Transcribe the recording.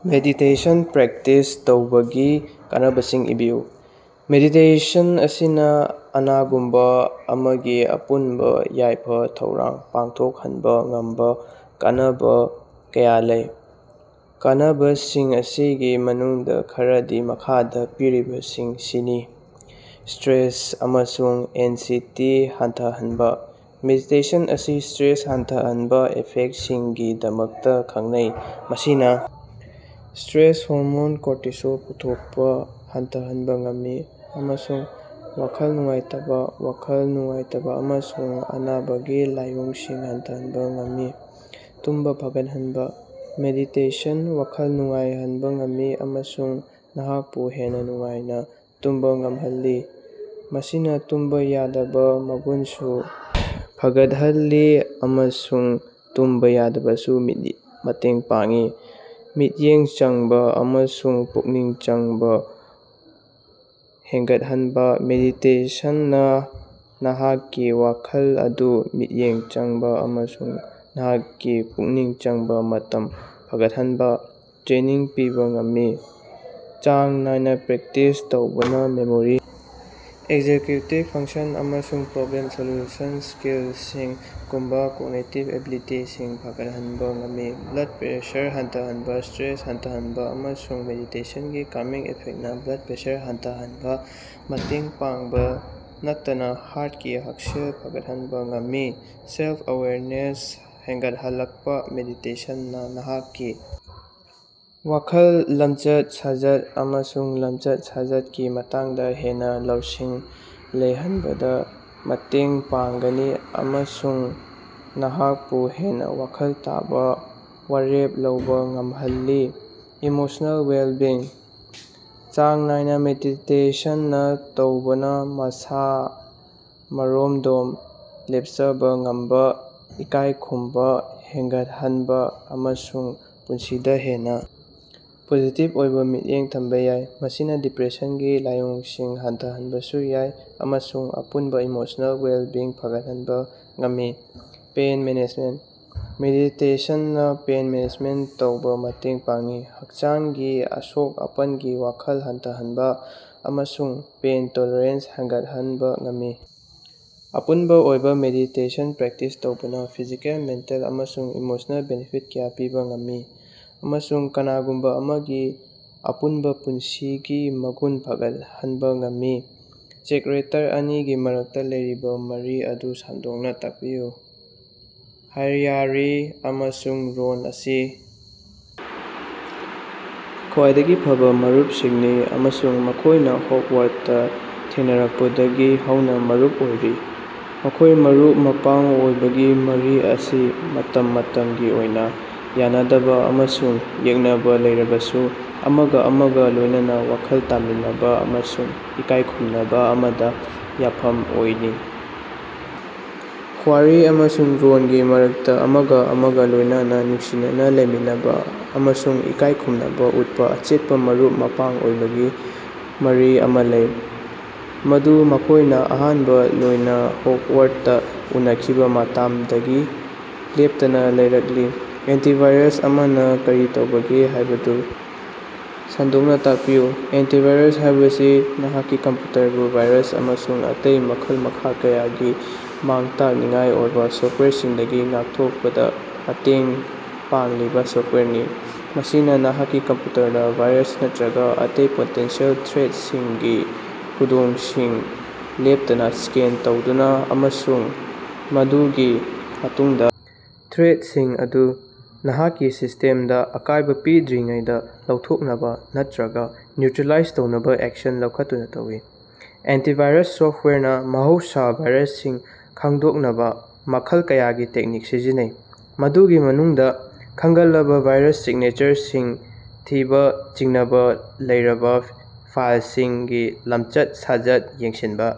Meditation practice ꯇꯧꯕꯒꯤ ꯀꯥꯟꯅꯕꯁꯤꯡ ꯏꯕꯤꯌꯨ꯫ ꯃꯦꯗꯤꯇꯦꯁꯟ ꯑꯁꯤꯅꯥ ꯀꯅꯥꯒꯨꯝꯕ ꯑꯃꯒꯤ ꯑꯄꯨꯟꯕ ꯌꯥꯏꯐ-ꯊꯧꯔꯥꯡ ꯐꯒꯠꯍꯟꯕꯥ ꯉꯝꯕ ꯀꯥꯟꯅꯕ ꯀꯌꯥ ꯂꯩ꯫ ꯀꯥꯟꯅꯕꯁꯤꯡ ꯑꯁꯤꯒꯤ ꯃꯅꯨꯡꯗꯥ ꯈꯔꯗꯤ ꯃꯈꯥꯗ ꯄꯤꯔꯤꯕꯁꯤꯡꯁꯤꯅꯤ: ꯁ꯭ꯇꯔꯦꯁ ꯑꯃꯁꯨꯡ ꯑꯦꯟꯁꯤꯇꯤ ꯍꯟꯊꯍꯟꯕꯥ: ꯃꯦꯗꯤꯇꯦꯁꯟ ꯑꯁꯤ ꯁ꯭ꯇꯔꯦꯁ ꯍꯟꯊꯍꯟꯕꯒꯤ ꯏꯐꯦꯛꯇꯁꯤꯡꯒꯤꯗꯃꯛꯇꯥ ꯈꯪꯅꯩ꯫ ꯃꯁꯤꯅ ꯁ꯭ꯇꯔꯦꯁ ꯍꯣꯔꯃꯣꯟ ꯀꯣꯔꯇꯤꯁꯣꯜ ꯄꯨꯊꯣꯛꯄꯥ ꯍꯟꯊꯍꯟꯕ ꯉꯝꯃꯤ, ꯑꯃꯁꯨꯡ ꯋꯥꯈꯜ ꯅꯨꯡꯉꯥꯏꯇꯕꯥ, ꯋꯥꯈꯜ ꯅꯨꯡꯉꯥꯏꯇꯕꯥ ꯑꯃꯁꯨꯡ ꯑꯅꯥꯕꯒꯤ ꯂꯥꯏꯑꯣꯡꯁꯤꯡ ꯍꯟꯊꯍꯟꯕ ꯉꯝꯃꯤ꯫ ꯇꯨꯝꯕꯥ ꯐꯒꯠꯍꯟꯕ: ꯃꯦꯗꯤꯇꯦꯁꯟꯅꯥ ꯋꯥꯈꯜ ꯅꯨꯡꯉꯥꯏꯍꯟꯕ ꯉꯝꯃꯤ ꯑꯃꯁꯨꯡ ꯅꯍꯥꯛꯄꯨ ꯍꯦꯟꯅꯥ ꯅꯨꯡꯉꯥꯏꯅꯥ ꯇꯨꯝꯕꯥ ꯉꯝꯍꯜꯂꯤ꯫ ꯃꯁꯤꯅꯥ ꯇꯨꯝꯕꯥ ꯌꯥꯗꯕꯒꯤ ꯃꯒꯨꯟꯁꯨ ꯐꯒꯠꯍꯜꯂꯤ ꯑꯃꯁꯨꯡ ꯇꯨꯝꯕꯥ ꯌꯥꯗꯕꯗꯁꯨ ꯃꯇꯦꯡ ꯄꯥꯡꯏ꯫ ꯃꯤꯠꯌꯦꯡ ꯆꯪꯕꯥ ꯑꯃꯁꯨꯡ ꯄꯨꯛꯅꯤꯡ ꯆꯪꯕꯥ ꯍꯦꯟꯒꯠꯍꯟꯕ: ꯃꯦꯗꯤꯇꯦꯁꯟꯅꯥ ꯅꯍꯥꯛꯀꯤ ꯋꯥꯈꯜ ꯑꯗꯨ ꯃꯤꯠꯌꯦꯡ ꯆꯪꯕ ꯑꯃꯁꯨꯡ ꯅꯍꯥꯛꯀꯤ ꯄꯨꯛꯅꯤꯡ ꯆꯪꯕꯒꯤ ꯃꯇꯝ ꯐꯒꯠꯍꯟꯕꯥ ꯇ꯭ꯔꯦꯅꯤꯡ ꯄꯤꯕꯥ ꯉꯝꯒꯅꯤ꯫ ꯆꯥꯡ ꯅꯥꯏꯅꯥ ꯄ꯭ꯔꯦꯛꯇꯤꯁ ꯇꯧꯕꯅꯥ ꯃꯦꯃꯣꯔꯤ, ꯑꯦꯀꯖꯤꯛꯌꯨꯇꯤꯚ ꯐꯪꯛꯁꯟ, ꯑꯃꯁꯨꯡ ꯄ꯭ꯔꯣꯕ꯭ꯂꯦꯝ ꯁꯣꯜꯌꯨꯁꯟ ꯁ꯭ꯀꯤꯜꯁꯤꯡꯒꯨꯝꯕꯥ ꯀꯣꯒꯅꯤꯇꯤꯚ ꯑꯦꯕꯤꯂꯤꯇꯤꯁꯤꯡ ꯐꯒꯠꯍꯟꯕ ꯉꯝꯃꯤ꯫ ꯕ꯭ꯂꯗ ꯄ꯭ꯔꯦꯁꯔ ꯍꯟꯊꯍꯟꯕꯥ: ꯁ꯭ꯇꯔꯦꯁ ꯍꯟꯊꯍꯟꯕ ꯑꯃꯁꯨꯡ ꯃꯦꯗꯤꯇꯦꯁꯟꯒꯤ ꯀꯜꯃꯤꯡ ꯏꯐꯦꯛꯇꯅꯥ ꯕ꯭ꯂꯗ ꯄ꯭ꯔꯦꯁꯔ ꯍꯟꯊꯍꯟꯕꯗꯥ ꯃꯇꯦꯡ ꯄꯥꯡꯕꯇꯥ ꯅꯠꯇꯅꯥ ꯍꯥꯔꯇꯀꯤ ꯍꯛꯁꯦꯜ ꯐꯒꯠꯍꯟꯕ ꯉꯝꯃꯤ꯫ ꯁꯦꯜꯐ-ꯑꯦꯋꯥꯔꯅꯦꯁ ꯍꯦꯟꯒꯠꯂꯛꯄꯥ: ꯃꯦꯗꯤꯇꯦꯁꯟꯅꯥ ꯅꯍꯥꯛꯀꯤ ꯋꯥꯈꯜ, ꯂꯝꯆꯠ-ꯁꯥꯖꯠ ꯑꯃꯁꯨꯡ ꯂꯝꯆꯠ-ꯁꯥꯖꯠꯁꯤꯡꯒꯤ ꯃꯇꯥꯡꯗꯥ ꯍꯦꯟꯅꯥ ꯂꯧꯁꯤꯡ ꯂꯩꯍꯟꯕꯗꯥ ꯃꯇꯦꯡ ꯄꯥꯡꯒꯅꯤ, ꯑꯃꯁꯨꯡ ꯅꯍꯥꯛꯄꯨ ꯍꯦꯟꯅꯥ ꯋꯥꯈꯜ ꯇꯥꯕꯥ ꯋꯥꯔꯦꯞ ꯂꯧꯕꯥ ꯉꯝꯍꯜꯂꯤ꯫ ꯏꯃꯣꯁꯅꯦꯜ ꯋꯦꯂꯕꯤꯡ: ꯆꯥꯡ ꯅꯥꯏꯅꯥ ꯃꯦꯗꯤꯇꯦꯁꯟ ꯇꯧꯕꯅꯥ ꯃꯁꯥ-ꯃꯔꯣꯝꯗꯣꯝ ꯂꯦꯄꯆꯕꯥ ꯉꯝꯕꯥ, ꯏꯀꯥꯏ ꯈꯨꯝꯕꯥ ꯍꯦꯟꯒꯠꯍꯟꯕ ꯑꯃꯁꯨꯡ ꯄꯨꯟꯁꯤꯗꯥ ꯍꯦꯟꯅꯥ ꯄꯣꯖꯤꯇꯤꯚ ꯑꯣꯏꯕꯥ ꯃꯤꯠꯌꯦꯡ ꯊꯝꯕꯥ ꯌꯥꯏ꯫ ꯃꯁꯤꯅꯥ ꯗꯤꯄꯔꯦꯁꯟꯒꯤ ꯂꯥꯏꯑꯣꯡꯁꯤꯡ ꯍꯟꯊꯍꯟꯕꯁꯨ ꯌꯥꯏ ꯑꯃꯁꯨꯡ ꯑꯄꯨꯟꯕꯥ ꯏꯃꯣꯁꯅꯦꯜ ꯋꯦꯂꯕꯤꯡ ꯐꯒꯠꯍꯟꯕ ꯉꯝꯃꯤ꯫ ꯄꯦꯟ ꯃꯦꯅꯦꯖꯃꯦꯟꯇ: ꯃꯦꯗꯤꯇꯦꯁꯟꯅꯥ ꯄꯦꯏꯟ ꯃꯦꯅꯦꯖ ꯇꯧꯕꯗꯥ ꯃꯇꯦꯡ ꯄꯥꯡꯏ, ꯍꯛꯆꯥꯡꯒꯤ ꯑꯁꯣꯛ-ꯑꯄꯟꯒꯤ ꯋꯥꯈꯜꯂꯣꯟ ꯍꯟꯊꯍꯟꯕ ꯑꯃꯁꯨꯡ ꯄꯦꯟ ꯇꯣꯂꯔꯦꯟꯁ ꯍꯦꯟꯒꯠꯍꯟꯕ ꯉꯝꯃꯤ꯫ ꯑꯄꯨꯟꯕꯥ ꯑꯣꯏꯅꯥ, ꯃꯦꯗꯤꯇꯦꯁꯟ ꯄ꯭ꯔꯦꯛꯇꯤꯁ ꯇꯧꯕꯅꯥ ꯐꯤꯖꯤꯀꯦꯜ, ꯃꯦꯟꯇꯦꯜ ꯑꯃꯁꯨꯡ ꯏꯃꯣꯁꯅꯦꯜ ꯕꯦꯅꯤꯐꯤꯠ ꯀꯌꯥ ꯄꯤꯕꯥ ꯉꯝꯃꯤ, ꯑꯃꯁꯨꯡ ꯀꯅꯥꯒꯨꯝꯕꯥ ꯑꯃꯒꯤ ꯑꯄꯨꯟꯕꯥ ꯄꯨꯟꯁꯤꯒꯤ ꯃꯒꯨꯟ ꯐꯒꯠꯍꯟꯕ ꯉꯝꯃꯤ꯫ ꯆꯦꯛꯔꯦꯇꯔ ꯑꯅꯤꯒꯤ ꯃꯔꯛꯇꯥ ꯂꯩꯔꯤꯕꯥ ꯃꯔꯤ ꯑꯗꯨ ꯁꯟꯗꯣꯛꯅꯥ ꯇꯥꯛꯄꯤꯌꯨ꯫ ꯍ꯭ꯌꯥꯔꯤ ꯑꯃꯁꯨꯡ ꯔꯣꯟ ꯑꯁꯤ ꯈ꯭ꯋꯥꯏꯗꯒꯤ ꯐꯕꯥ ꯃꯔꯨꯄꯁꯤꯡꯅꯤ ꯑꯃꯁꯨꯡ ꯃꯈꯣꯏꯅꯥ ꯍꯣꯒꯋꯥꯔꯗꯇꯥ ꯊꯦꯡꯅꯔꯛꯄꯗꯒꯤ ꯍꯧꯅꯥ ꯃꯔꯨꯞ ꯑꯣꯏꯔꯤ꯫ ꯃꯈꯣꯏꯒꯤ ꯃꯔꯨꯞ-ꯃꯄꯥꯡ ꯑꯣꯏꯕꯒꯤ ꯃꯔꯤ ꯑꯁꯤ ꯃꯇꯝ ꯃꯇꯝꯒꯤ ꯑꯣꯏꯅꯥ ꯌꯥꯅꯗꯕꯥ ꯑꯃꯁꯨꯡ ꯌꯦꯛꯅꯕꯥ ꯂꯩꯔꯕꯁꯨ ꯑꯃꯒꯥ ꯑꯃꯒꯥ ꯂꯣꯏꯅꯅ ꯋꯥꯈꯜ ꯇꯥꯃꯤꯟꯅꯕꯥ ꯑꯃꯁꯨꯡ ꯏꯀꯥꯏ ꯈꯨꯝꯅꯕꯥ ꯑꯃꯗꯥ ꯌꯥꯐꯝ ꯑꯣꯏꯕꯅꯤ꯫ ꯍ꯭ꯌꯥꯔꯤ ꯑꯃꯁꯨꯡ ꯔꯣꯅꯒꯤ ꯃꯔꯛꯇꯥ ꯑꯃꯒꯥ ꯑꯃꯒꯥ ꯂꯣꯏꯅꯅ ꯅꯨꯡꯁꯤꯅꯅꯥ ꯂꯩꯃꯤꯟꯅꯕꯥ ꯑꯃꯁꯨꯡ ꯏꯀꯥꯏ ꯈꯨꯝꯅꯕꯥ ꯎꯠꯄꯥ ꯑꯆꯦꯠꯄꯥ ꯃꯔꯨꯞ-ꯃꯄꯥꯡ ꯑꯣꯏꯕꯒꯤ ꯃꯔꯤ ꯑꯃꯥ ꯂꯩ, ꯃꯗꯨ ꯃꯈꯣꯏꯅꯥ ꯑꯍꯥꯟꯕꯥ ꯑꯣꯏꯅꯥ ꯍꯣꯒꯋꯥꯔꯗꯇꯥ ꯎꯅꯈꯤꯕꯥ ꯃꯇꯃꯗꯒꯤ ꯂꯦꯞꯇꯅꯥ ꯂꯩꯔꯛꯂꯤ꯫ ꯑꯦꯟꯇꯤꯚꯥꯏꯔꯁ ꯑꯃꯅꯥ ꯀꯔꯤ ꯇꯧꯕꯒꯦ ꯍꯥꯏꯕꯗꯨ ꯁꯟꯗꯣꯛꯅꯥ ꯇꯥꯛꯄꯤꯌꯨ꯫ ꯑꯦꯟꯇꯤꯚꯥꯏꯔꯁ ꯍꯥꯏꯕꯁꯤ ꯅꯍꯥꯛꯀꯤ ꯀꯝꯄ꯭ꯌꯨꯇꯔꯕꯨ ꯚꯥꯏꯔꯁ ꯑꯃꯁꯨꯡ ꯑꯇꯩ ꯃꯈꯜ-ꯃꯈꯥ ꯀꯌꯥꯒꯤ ꯃꯥꯡ-ꯇꯥꯛꯅꯤꯡꯉꯥꯏ ꯑꯣꯏꯕꯥ ꯁꯣꯐꯇꯋꯥꯌꯔꯁꯤꯡꯗꯒꯤ ꯉꯥꯛꯊꯣꯛꯄꯗꯥ ꯃꯇꯦꯡ ꯄꯥꯡꯂꯤꯕꯥ ꯁꯣꯐꯇꯋꯥꯌꯔꯅꯤ꯫ ꯃꯁꯤꯅꯥ ꯅꯍꯥꯛꯀꯤ ꯀꯝꯞꯌꯨꯇꯔꯗꯥ ꯚꯥꯏꯔꯁ ꯅꯠꯇꯔꯒꯥ ꯑꯇꯩ ꯄꯣꯇꯦꯟꯁꯤꯑꯦꯜ ꯊ꯭ꯔꯦꯠꯁꯤꯡꯒꯤ ꯈꯨꯗꯣꯡꯁꯤꯡ ꯂꯦꯞꯇꯅꯥ ꯁ꯭ꯀꯦꯟ ꯇꯧꯗꯨꯅꯥ, ꯑꯃꯁꯨꯡ ꯃꯗꯨꯒꯤ ꯃꯇꯨꯡꯗꯥ ꯊ꯭ꯔꯦꯠꯁꯤꯡ ꯑꯗꯨ ꯅꯍꯥꯛꯀꯤ ꯁꯤꯁ꯭ꯇꯦꯃꯗꯥ ꯑꯀꯥꯏꯕꯥ ꯄꯤꯗ꯭ꯔꯤꯉꯩꯗꯥ ꯂꯧꯊꯣꯛꯅꯕꯥ ꯅꯠꯇꯔꯒꯥ ꯅ꯭ꯌꯨꯇꯔꯤꯂꯥꯏꯖ ꯇꯧꯅꯕꯥ ꯑꯦꯛꯁꯟ ꯂꯧꯈꯠꯇꯨꯅꯥ ꯇꯧꯏ꯫ ꯑꯦꯟꯇꯤꯚꯥꯏꯔꯁ ꯁꯣꯐꯇꯋꯥꯌꯔꯅꯥ ꯃꯍꯧꯁꯥꯅꯥ ꯚꯥꯏꯔꯁꯁꯤꯡ ꯈꯪꯗꯣꯛꯅꯕꯥ ꯃꯈꯜ ꯀꯌꯥꯒꯤ ꯇꯦꯛꯅꯤꯛꯁꯤꯡ ꯁꯤꯖꯤꯟꯅꯩ, ꯃꯗꯨꯒꯤ ꯃꯅꯨꯡꯗꯥ ꯈꯪꯒꯠꯔꯕꯥ ꯚꯥꯏꯔꯁ ꯁꯤꯒꯅꯦꯆꯔꯁꯤꯡ ꯊꯤꯕꯥ, ꯆꯤꯡꯅꯕꯥ ꯂꯩꯔꯕꯥ ꯐꯥꯏꯂꯁꯤꯡꯒꯤ ꯂꯝꯆꯠ-ꯁꯥꯖꯠ ꯌꯦꯡꯁꯤꯅꯕꯥ,